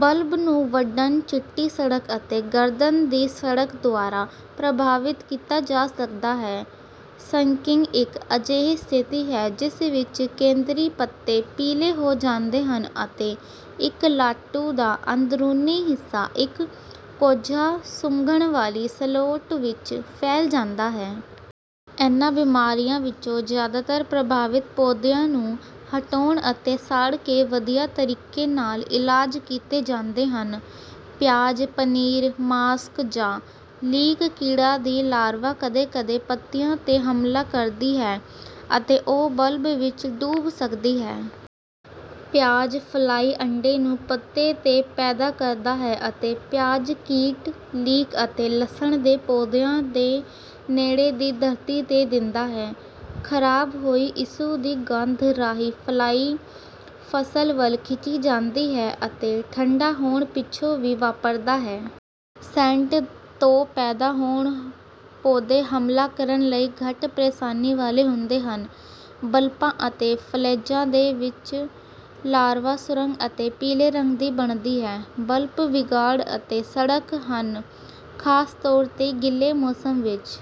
Bulb ਨੂੰ ਵੰਡਣ ਚਿੱਟੀ ਸੜਨ ਅਤੇ ਗਰਦਨ ਦੀ ਸੜਨ ਦੁਆਰਾ ਪ੍ਰਭਾਵਿਤ ਕੀਤਾ ਜਾ ਸਕਦਾ ਹੈ। ਸ਼ੰਕਿੰਗ ਇੱਕ ਅਜਿਹੀ ਸਥਿਤੀ ਹੈ ਜਿਸ ਵਿੱਚ ਕੇਂਦਰੀ ਪੱਤੇ ਪੀਲੇ ਹੋ ਜਾਂਦੇ ਹਨ ਅਤੇ ਇੱਕ ਲਾਟੂ ਦਾ ਅੰਦਰੂਨੀ ਹਿੱਸਾ ਇੱਕ ਕੋਝਾ ਸੁੰਘਣ ਵਾਲੀ ਸਲੋਟ ਵਿੱਚ ਫੈਲ ਜਾਂਦਾ ਹੈ। ਇਨ੍ਹਾਂ ਬਿਮਾਰੀਆਂ ਵਿੱਚੋਂ ਜ਼ਿਆਦਾਤਰ ਪ੍ਰਭਾਵਿਤ ਪੌਦਿਆਂ ਨੂੰ ਹਟਾਉਣ ਅਤੇ ਸਾੜ ਕੇ ਵਧੀਆ ਤਰੀਕੇ ਨਾਲ ਇਲਾਜ ਕੀਤੇ ਜਾਂਦੇ ਹਨ। ਪਿਆਜ਼ ਪਨੀਰ ਮਾਸਕ ਜਾਂ ਲੀਕ ਕੀੜਾ ਦੀ ਲਾਰਵਾ ਕਦੇ ਕਦੇ ਪੱਤੀਆਂ ਤੇ ਹਮਲਾ ਕਰਦੀ ਹੈ ਅਤੇ ਉਹ ਬਲਬ ਵਿੱਚ ਡੁੱਬ ਸਕਦੀ ਹੈ। ਪਿਆਜ਼ ਫਲਾਈ ਅੰਡੇ ਨੂੰ ਪੱਤੇ ਤੇ ਪੈਦਾ ਕਰਦਾ ਹੈ ਅਤੇ ਪਿਆਜ਼ ਕੀਟ ਲੀਕ ਅਤੇ ਲਸਣ ਦੇ ਪੌਦਿਆਂ ਦੇ ਨੇੜੇ ਦੀ ਧਰਤੀ ਤੇ ਦਿੰਦਾ ਹੈ। ਖਰਾਬ ਹੋਈ ਟਿਸ਼ੂ ਦੀ ਗੰਧ ਰਾਹੀਂ ਫਲਾਈ ਫਸਲ ਵੱਲ ਖਿੱਚੀ ਜਾਂਦੀ ਹੈ ਅਤੇ ਠੰਢਾ ਹੋਣ ਪਿੱਛੋਂ ਵੀ ਵਾਪਰਦਾ ਹੈ। ਸੈੱਟ ਤੋਂ ਪੈਦਾ ਹੋਏ ਪੌਦੇ ਹਮਲਾ ਕਰਨ ਲਈ ਘੱਟ ਪ੍ਰੇਸ਼ਾਨੀ ਵਾਲੇ ਹੁੰਦੇ ਹਨ। ਬਲਬਾਂ ਅਤੇ ਫਲੇਜ਼ਾਂ ਦੇ ਵਿੱਚ ਲਾਰਵਾ ਸੁਰੰਗ ਅਤੇ ਪੀਲੇ ਰੰਗ ਦੀ ਬਣਦੀ ਹੈ। ਬਲਬ ਵਿਗਾੜ ਅਤੇ ਸੜਨ ਹਨ ਖਾਸ ਤੌਰ ਤੇ ਗਿੱਲੇ ਮੌਸਮ ਵਿੱਚ।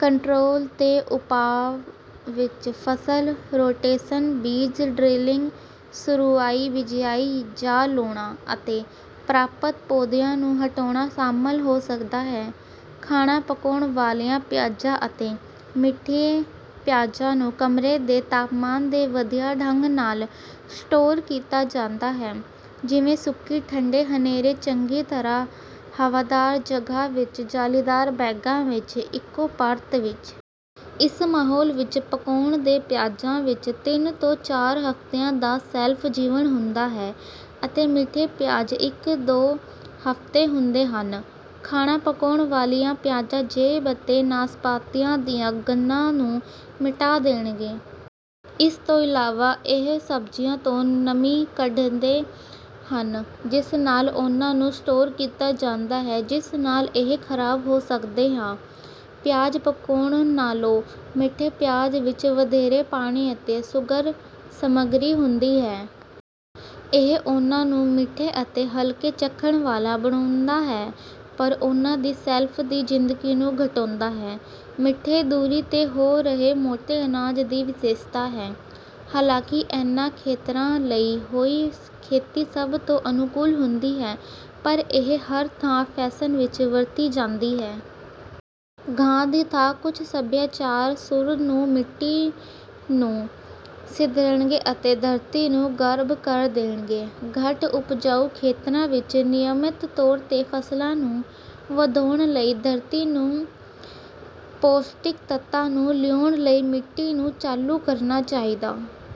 ਕੰਟਰੋਲ ਦੇ ਉਪਾਅ ਵਿੱਚ ਫਸਲ ਰੋਟੇਸ਼ਨ ਬੀਜ ਡ੍ਰੈਸਿੰਗ ਸ਼ੁਰੂਆਤੀ ਬਿਜਾਈ ਜਾਂ ਲਾਉਣਾ ਅਤੇ ਪਰਾਪਤ ਪੌਦਿਆਂ ਨੂੰ ਹਟਾਉਣਾ ਸ਼ਾਮਲ ਹੋ ਸਕਦਾ ਹੈ। ਖਾਣਾ ਪਕਾਉਣ ਵਾਲੀਆਂ ਪਿਆਜ਼ਾਂ ਅਤੇ ਮਿੱਠੇ ਪਿਆਜ਼ਾਂ ਨੂੰ ਕਮਰੇ ਦੇ ਤਾਪਮਾਨ ਤੇ ਵਧੀਆ ਢੰਗ ਨਾਲ ਸਟੋਰ ਕੀਤਾ ਜਾਂਦਾ ਹੈ ਜਿਵੇਂ ਸੁੱਕੀ ਠੰਢੇ ਹਨੇਰੇ ਚੰਗੀ ਤਰ੍ਹਾਂ ਹਵਾਦਾਰ ਜਗ੍ਹਾ ਵਿੱਚ ਜਾਲੀਦਾਰ ਬੈਗਾਂ ਵਿੱਚ ਇੱਕੋ ਪਰਤ ਵਿੱਚ। ਇਸ ਮਾਹੌਲ ਵਿੱਚ ਪਕਾਉਣ ਦੇ ਪਿਆਜ਼ਾਂ ਵਿੱਚ ਤਿੰਨ ਤੋਂ ਚਾਰ ਹਫਤਿਆਂ ਦਾ ਸ਼ੈਲਫ ਜੀਵਨ ਹੁੰਦਾ ਹੈ ਅਤੇ ਮਿੱਠੇ ਪਿਆਜ਼ ਇੱਕ ਦੋ ਹਫਤੇ ਹੁੰਦੇ ਹਨ। ਖਾਣਾ ਪਕਾਉਣ ਵਾਲੀਆਂ ਪਿਆਜ਼ ਸੇਬ ਅਤੇ ਨਾਸ਼ਪਾਤੀਆਂ ਦੀਆਂ ਗੰਨਾਂ ਨੂੰ ਮਿਟਾ ਦੇਣਗੇ। ਇਸ ਤੋਂ ਇਲਾਵਾ ਉਹ ਸਬਜ਼ੀਆਂ ਤੋਂ ਨਮੀ ਕੱਢਦੇ ਹਨ ਜਿਸ ਨਾਲ ਉਨ੍ਹਾਂ ਨੂੰ ਸਟੋਰ ਕੀਤਾ ਜਾਂਦਾ ਹੈ ਜਿਸ ਨਾਲ ਇਹ ਖਰਾਬ ਹੋ ਸਕਦਾ ਹੈ। ਪਿਆਜ਼ ਪਕਾਉਣ ਨਾਲੋਂ ਮਿੱਠੇ ਪਿਆਜ਼ ਵਿੱਚ ਵਧੇਰੇ ਪਾਣੀ ਅਤੇ ਸ਼ੂਗਰ ਸਮੱਗਰੀ ਹੁੰਦੀ ਹੈ। ਇਹ ਉਨ੍ਹਾਂ ਨੂੰ ਮਿੱਠੇ ਅਤੇ ਹਲਕੇ ਚੱਖਣ ਵਾਲਾ ਬਣਾਉਂਦਾ ਹੈ ਪਰ ਉਨ੍ਹਾਂ ਦੀ ਸ਼ੈਲਫ ਦੀ ਜ਼ਿੰਦਗੀ ਨੂੰ ਘਟਾਉਂਦਾ ਹੈ। ਮਿੱਠੇ। ਦੂਰੀ ਤੇ ਹੋ ਰਹੇ ਮੋਟੇ ਅਨਾਜ ਦੀ ਵਿਸ਼ੇਸ਼ਤਾ ਹੈ। ਹਾਲਾਂਕਿ ਇਨ੍ਹਾਂ ਖੇਤਰਾਂ ਲਈ ਹੋਇ ਖੇਤੀ ਸਭ ਤੋਂ ਅਨੁਕੂਲ ਹੁੰਦੀ ਹੈ ਪਰ ਇਹ ਹਰ ਥਾਂ ਫੈਸ਼ਨ ਵਿੱਚ ਵਰਤੀ ਜਾਂਦੀ ਹੈ। ਘਾਹ ਦੀ ਥਾਂ ਕੁਝ ਸਭਿਆਚਾਰ ਸੂਰ ਨੂੰ ਮਿੱਟੀ ਨੂੰ ਮਿਧਣਗੇ ਅਤੇ ਧਰਤੀ ਨੂੰ ਗਰੱਬ ਕਰ ਦੇਣਗੇ। ਘੱਟ ਉਪਜਾਊ ਖੇਤਰਾਂ ਵਿੱਚ ਨਿਯਮਤ ਤੌਰ ਤੇ ਫਸਲਾਂ ਨੂੰ ਵਧਾਉਣ ਲਈ ਧਰਤੀ ਨੂੰ ਪੌਸ਼ਟਿਕ ਤੱਤਾਂ ਨੂੰ ਲਿਆਉਣ ਲਈ ਮਿੱਟੀ ਨੂੰ ਚਾਲੂ ਕਰਨਾ ਚਾਹੀਦਾ